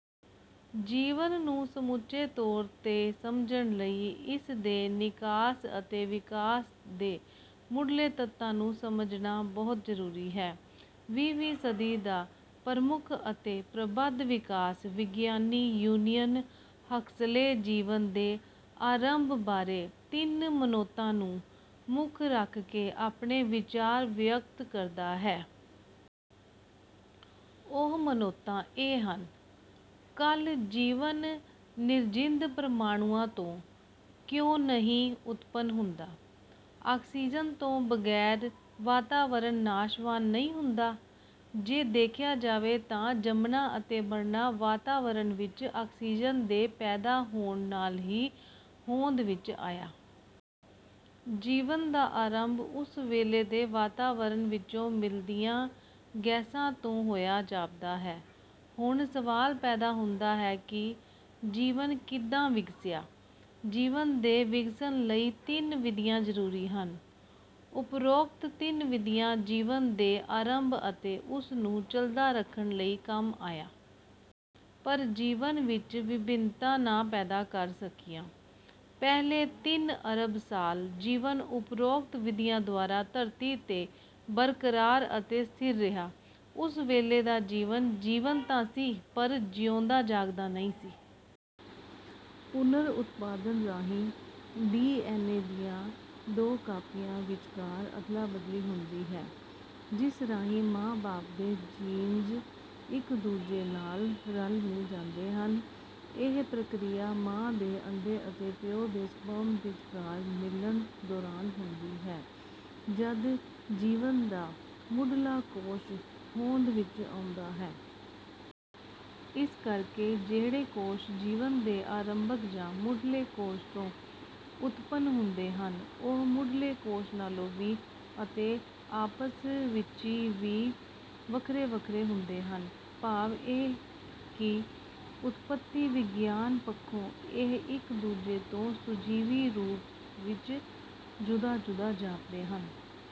ਜੀਵਨ ਨੂੰ ਸਮੁੱਚੇ ਤੌਰ 'ਤੇ ਸਮਝਣ ਲਈ ਇਸ ਦੇ ਨਿਕਾਸ ਅਤੇ ਵਿਕਾਸ ਦੇ ਮੁੱਢਲੇ ਤੱਤਾਂ ਨੂੰ ਸਮਝਣਾ ਬਹੁਤ ਜ਼ਰੂਰੀ ਹੈ। ਵੀਹਵੀਂ ਸਦੀ ਦਾ ਪ੍ਰਮੁੱਖ ਅਤੇ ਪ੍ਰਬੁੱਧ ਵਿਕਾਸ ਵਿਗਿਆਨੀ ਯੂਲੀਅਨ ਹਕਸਲੇ ਜੀਵਨ ਦੇ ਆਰੰਭ ਬਾਰੇ ਤਿੰਨ ਮਨੌਤਾਂ ਨੂੰ ਮੁੱਖ ਰੱਖ ਕੇ ਆਪਣੇ ਵਿਚਾਰ ਵਿਅਕਤ ਕਰਦਾ ਹੈ। ਉਹ ਮਨੌਤਾਂ ਇਹ ਹਨ: ਕੱਲ ਜੀਵਨ ਨਿਰਜਿੰਦ ਪ੍ਰਮਾਣੂਆਂ ਤੋਂ ਕਿਉਂ ਨਹੀਂ ਉਤਪੰਨ ਹੁੰਦਾ? ਆਕਸੀਜਨ ਤੋਂ ਬਗੈਰ ਵਾਤਾਵਰਣ ਨਾਸ਼ਵਾਨ ਨਹੀਂ ਹੁੰਦਾ। ਜੇ ਦੇਖਿਆ ਜਾਵੇ ਤਾਂ ਜੰਮਣਾ ਅਤੇ ਮਰਨਾ ਵਾਤਾਵਰਣ ਵਿੱਚ ਆਕਸੀਜ਼ਨ ਦੇ ਪੈਦਾ ਹੋਣ ਨਾਲ ਹੀ ਹੋਂਦ ਵਿੱਚ ਆਇਆ। ਜੀਵਨ ਦਾ ਆਰੰਭ ਉਸ ਵੇਲੇ ਦੇ ਵਾਤਾਵਰਨ ਵਿਚੋਂ ਮਿਲਦੀਆਂ ਗੈਸਾਂ ਤੋਂ ਹੋਇਆ ਜਾਪਦਾ ਹੈ। ਹੁਣ ਸਵਾਲ ਪੈਦਾ ਹੁੰਦਾ ਹੈ ਕਿ ਜੀਵਨ ਕਿੱਦਾਂ ਵਿਗਸਿਆ? ਜੀਵਨ ਦੇ ਵਿਗਸਣ ਲਈ ਤਿੰਨ ਵਿਧੀਆਂ ਜਰੂਰੀ ਹਨ। ਉਪਰੋਕਤ ਤਿੰਨ ਵਿਧੀਆਂ ਜੀਵਨ ਦੇ ਆਰੰਭ ਅਤੇ ਉਸ ਨੂੰ ਚੱਲਦਾ ਰੱਖਣ ਲਈ ਕੰਮ ਆਈਆਂ। ਪਰ ਜੀਵਨ ਵਿੱਚ ਵਿਭਿੰਨਤਾ ਨਾ ਪੈਦਾ ਕਰ ਸਕੀਆਂ। ਪਹਿਲੇ ਤਿੰਨ ਅਰਬ ਸਾਲ ਜੀਵਨ ਉਪਰੋਕਤ ਵਿਧੀਆਂ ਦੁਆਰਾ ਧਰਤੀ 'ਤੇ ਬਰਕਰਾਰ ਅਤੇ ਸਥਿਰ ਰਿਹਾ। ਉਸ ਵੇਲੇ ਦਾ ਜੀਵਨ, ਜੀਵਤ ਤਾਂ ਸੀ ਪਰ ਜਿਉਂਦਾ-ਜਾਗਦਾ ਨਹੀਂ ਸੀ। ਪੁਨਰ ਉਤਪਾਦਨ ਰਾਹੀਂ ਡੀ. ਐੱਨ. ਏ ਦੀਆਂ ਦੋ ਕਾਪੀਆਂ ਵਿਚਕਾਰ ਅਦਲਾ ਬਦਲੀ ਹੁੰਦੀ ਹੈ ਜਿਸ ਰਾਹੀਂ ਮਾਂ-ਬਾਪ ਦੇ ਜੀਨਜ਼ ਇੱਕ ਦੂਜੇ ਨਾਲ ਰਲ ਮਿਲ ਜਾਂਦੇ ਹਨ। ਇਹ ਪ੍ਰਕਿਰਿਆ ਮਾਂ ਦੇ ਅੰਡੇ ਅਤੇ ਪਿਓ ਦੇ ਸਪਰਮ ਵਿਚਕਾਰ ਮਿਲਣ ਦੌਰਾਨ ਹੁੰਦੀ ਹੈ ਜਦ ਜੀਵਨ ਦਾ ਮੁੱਢਲਾ ਕੋਸ਼ ਹੋਂਦ ਵਿੱਚ ਆਉਂਦਾ ਹੈ। ਇਸ ਕਰਕੇ ਜਿਹੜੇ ਕੋਸ਼ ਜੀਵਨ ਦੇ ਆਰੰਭਕ ਜਾਂ ਮੁੱਢਲੇ ਕੋਸ਼ ਤੋਂ ਉਤਪੰਨ ਹੁੰਦੇ ਹਨ, ਉਹ ਮੁੱਢਲੇ ਕੋਸ਼ ਨਾਲੋਂ ਵੀ ਅਤੇ ਆਪਸ-ਵਿਚੀ ਵੀ ਵੱਖਰੇ-ਵੱਖਰੇ ਹੁੰਦੇ ਹਨ, ਭਾਵ ਇਹ ਕਿ ਉਤਪਤੀ ਵਿਗਿਆਨ ਪੱਖੋਂ ਇਹ ਇੱਕ ਦੂਜੇ ਤੋਂ ਸੁਜੀਵੀ ਰੂਪ ਵਿੱਚ ਜੁਦਾ-ਜੁਦਾ ਜਾਪਦੇ ਹਨ।